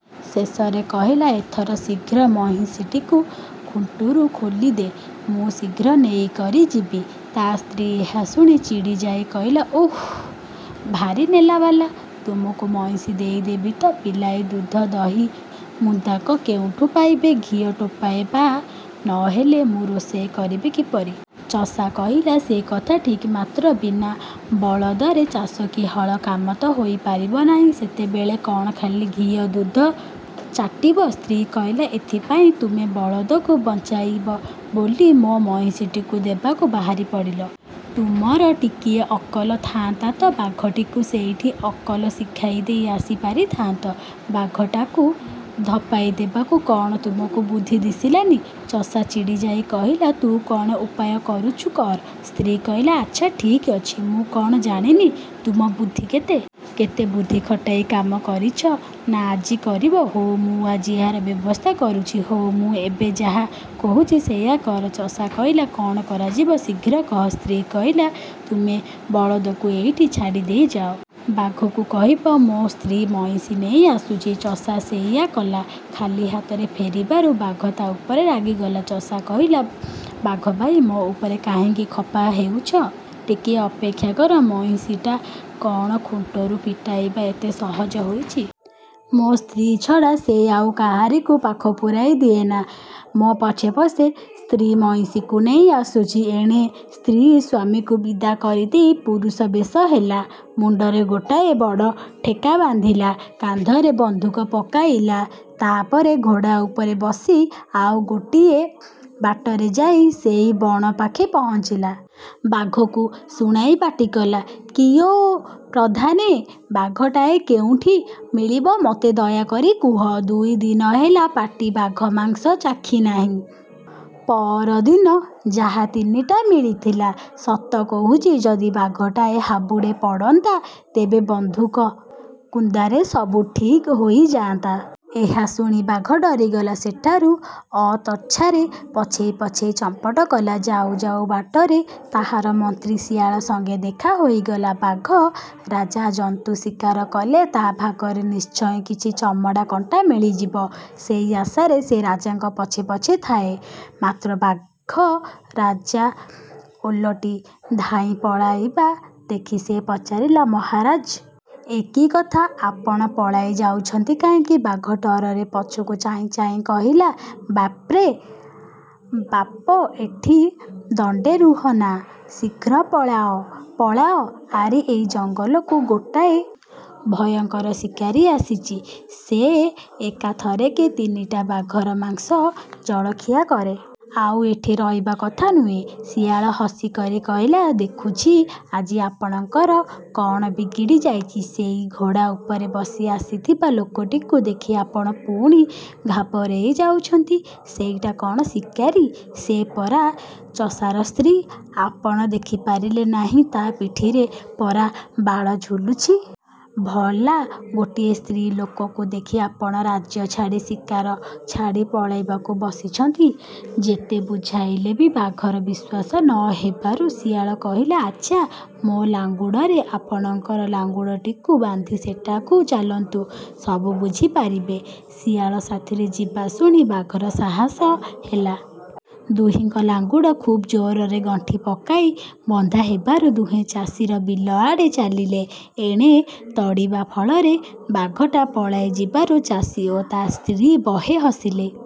ଶେଷରେ କହିଲା, ଏଥର ଶୀଘ୍ର ମଇଁଷିଟିକୁ ଖୁଣ୍ଟରୁ ଖୋଲିଦେ! ମୁଁ ଶୀଘ୍ର ନେଇକରି ଯିବି। ତା ସ୍ତ୍ରୀ ଏହା ଶୁଣି ଚିଡ଼ିଯାଇ କହିଲା, ଓଃ, ଭାରି ନେଲାବାଲା, ତୁମକୁ ମଇଁଷି ଦେଇଦେବି ତ ପିଲାଏ ଦୁଧ ଦହି ମୁନ୍ଦାକ କେଉଁଠୁ ପାଇବେ? ଘିଅ ଟୋପାଏ ବା ନ ହେଲେ ମୁଁ ରୋଷେଇ କରିବି କିପରି? ଚଷା କହିଲା, ସେ କଥା ଠିକ୍, ମାତ୍ର ବିନା ବଳଦରେ ଚାଷ କି ହଳ କାମ ତ ହୋଇପାରିବ ନାହିଁ। ସେତେବେଳେ କ'ଣ ଖାଲି ଘିଅ, ଦୁଧ ଚାଟିବ? ସ୍ତ୍ରୀ କହିଲା, ଏଥିପାଇଁ ତୁମେ ବଳଦକୁ ବଞ୍ଚାଇବ ବୋଲି ମୋ ମଇଁଷିଟିକୁ ଦେବାକୁ ବାହାରି ପଡ଼ିଲ। ତୁମର ଟିକିଏ ଅକଲ ଥାଆନ୍ତା ତ ବାଘଟିକୁ ସେଇଠି ଅକଲ ଶିଖାଇ ଦେଇ ଆସି ପାରିଥାନ୍ତ। ବାଘଟାକୁ ଧପାଇ ଦେବାକୁ କ'ଣ ତୁମକୁ ବୁଦ୍ଧି ଦିଶିଲାନି। ଚଷା ଚିଡ଼ିଯାଇ କହିଲା, ତୁ କ'ଣ ଉପାୟ କରୁଛୁ କର! ସ୍ତ୍ରୀ କହିଲା, ଆଚ୍ଛା ଠିକ୍ ଅଛି। ମୁଁ କ'ଣ ଜାଣିନି, ତୁମ ବୁଦ୍ଧି କେତେ? କେତେ ବୁଦ୍ଧି ଖଟାଇ କାମ କରିଛ, ନା ଆଜି କରିବ? ହଉ ମୁଁ ଆଜି ଏହାର ବ୍ୟବସ୍ଥା କରୁଛି। ହଉ ମୁଁ ଏବେ ଯାହା କହୁଛି ସେଇଆ କର। ଚଷା କହିଲା, କ'ଣ କରାଯିବ ଶୀଘ୍ର କହ। ସ୍ତ୍ରୀ କହିଲା, ତୁମେ ବଳଦକୁ ଏଇଠି ଛାଡ଼ିଦେଇ ଯାଅ। ବାଘକୁ କହିବ, ମୋ ସ୍ତ୍ରୀ ମଇଁଷି ନେଇ ଆସୁଛି। ଚଷା ସେଇଆ କଲା। ଖାଲି ହାତରେ ଫେରିବାରୁ ବାଘ ତା ଉପରେ ରାଗିଗଲା। ଚଷା କହିଲା, ବାଘ ଭାଇ! ମୋ ଉପରେ କାହିଁକି ଖପା ହେଉଛ? ଟିକିଏ ଅପେକ୍ଷା କର। ମଇଁଷିଟା କ'ଣ ଖୁଣ୍ଟରୁ ଫିଟାଇବା ଏତେ ସହଜ ହୋଇଛି? ମୋ ସ୍ତ୍ରୀ ଛଡ଼ା ସେ ଆଉ କାହାରିକୁ ପାଖ ପୂରାଇ ଦିଏନା। ମୋ ପଛେ ପଛେ ସ୍ତ୍ରୀ ମଇଁଷିକୁ ନେଇ ଆସୁଛି। ଏଣେ ସ୍ତ୍ରୀ ସ୍ୱାମୀକୁ ବିଦା କରିଦେଇ ପୁରୁଷ ବେଶ ହେଲା। ମୁଣ୍ଡରେ ଗୋଟାଏ ବଡ଼ ଠେକା ବାନ୍ଧିଲା। କାନ୍ଧରେ ବନ୍ଧୁକ ପକାଇଲା। ତା ପରେ ଘୋଡ଼ା ଉପରେ ବସି ଆଉ ଗୋଟିଏ ବାଟରେ ଯାଇ ସେହି ବଣ ପାଖେ ପହଞ୍ଚିଲା। ବାଘକୁ ଶୁଣାଇ ପାଟି କଲା, କିଓ ପ୍ରଧାନେ! ବାଘଟାଏ କେଉଁଠି ମିଳିବ ମୋତେ ଦୟାକରି କୁହ। ଦୁଇ ଦିନ ହେଲା ପାଟି ବାଘ ମାଂସ ଚାଖିନାହିଁ। ପଅରଦିନ ଯାହା ତିନିଟା ମିଳିଥିଲା। ସତ କହୁଛି ଯଦି ବାଘଟାଏ ହାବୁଡ଼େ ପଡ଼ନ୍ତା, ତେବେ ବନ୍ଧୁକ କୁନ୍ଦାରେ ସବୁ ଠିକ୍ ହୋଇଯାଆନ୍ତା। ଏହା ଶୁଣି ବାଘ ଡରିଗଲା। ସେଠାରୁ ଅତର୍ଚ୍ଛାରେ ପଛେଇ ପଛେଇ ଚମ୍ପଟ କଲା। ଯାଉ ଯାଉ ବାଟରେ ତାହାର ମନ୍ତ୍ରୀ ଶିଆଳ ସଙ୍ଗେ ଦେଖା ହୋଇଗଲା। ବାଘ ରାଜା ଜନ୍ତୁ ଶିକାର କଲେ ତା ଭାଗରେ ନିଶ୍ଚୟ କିଛି ଚମଡ଼ା, କଣ୍ଟା ମିଳିଯିବ। ସେଇ ଆଶାରେ ସେ ରାଜାଙ୍କ ପଛେ ପଛେ ଥାଏ, ମାତ୍ର ବାଘ ରାଜା ଓଲଟି ଧାଇଁ ପଳାଇବା ଦେଖି ସେ ପଚାରିଲା, ମହାରାଜ! ଏ କି କଥା? ଆପଣ ପଳାଇ ଯାଉଛନ୍ତି କାହିଁକି? ବାଘ ଡରରେ ପଛକୁ ଚାହିଁ ଚାହିଁ କହିଲା, ବାପ୍ରେ ବାପ! ଏଠି ଦଣ୍ଡେ ରୁହନା! ଶୀଘ୍ର ପଳାଅ! ପଳାଅ! ଆରେ ଏଇ ଜଙ୍ଗଲକୁ ଗୋଟିଏ ଭୟଙ୍କର ଶିକାରୀ ଆସିଛି। ସେ ଏକା ଥରକେ ତିନିଟା ବାଘର ମାଂସ ଜଳଖିଆ କରେ। ଆଉ ଏଠି ରହିବା କଥା ନୁହେଁ। ଶିଆଳ ହସିକରି କହିଲା, ଦେଖୁଛି ଆଜି ଆପଣଙ୍କର କ'ଣ ବିଗିଡ଼ି ଯାଇଛି। ସେଇ ଘୋଡ଼ା ଉପରେ ବସି ଆସିଥିବା ଲୋକଟିକୁ ଦେଖି ଆପଣ ପୁଣି ଘାବରେଇ ଯାଉଛନ୍ତି। ସେଇଟା କ'ଣ ଶିକାରୀ? ସେ ପରା ଚଷାର ସ୍ତ୍ରୀ। ଆପଣ ଦେଖିପାରିଲେ ନାହିଁ ତା ପିଠିରେ ପରା ବାଳ ଝୁଲୁଛି? ଭଲା ଗୋଟିଏ ସ୍ତ୍ରୀ ଲୋକକୁ ଦେଖି ଆପଣ ରାଜ୍ୟ ଛାଡ଼ି, ଶିକାର ଛାଡ଼ି ପଳାଇବାକୁ ବସିଛନ୍ତି! ଯେତେ ବୁଝାଇଲେ ବି ବାଘର ବିଶ୍ୱାସ ନ ହେବାରୁ ଶିଆଳ କହିଲା, ଆଚ୍ଛା ମୋ ଲାଙ୍ଗୁଡ଼ରେ ଆପଣଙ୍କ ଲାଙ୍ଗୁଡ଼କୁ ବାନ୍ଧି ସେଠାକୁ ଚାଲନ୍ତୁ। ସବୁ ବୁଝିପାରିବେ। ଶିଆଳ ସାଥିରେ ଯିବା ଶୁଣି ବାଘର ସାହସ ହେଲା। ଦୁହିଁଙ୍କ ଲାଙ୍ଗୁଡ଼ ଖୁବ୍ ଜୋରରେ ଗଣ୍ଠି ପକାଇ ବନ୍ଧା ହେବାରୁ ଦୁହେଁ ଚାଷୀର ବିଲ ଆଡ଼େ ଚାଲିଲେ। ଏଣେ ତଡ଼ିବା ଫଳରେ ବାଘଟା ପଳାଇ ଯିବାରୁ ଚାଷୀ ଓ ତା ସ୍ତ୍ରୀ ବହେ ହସିଲେ।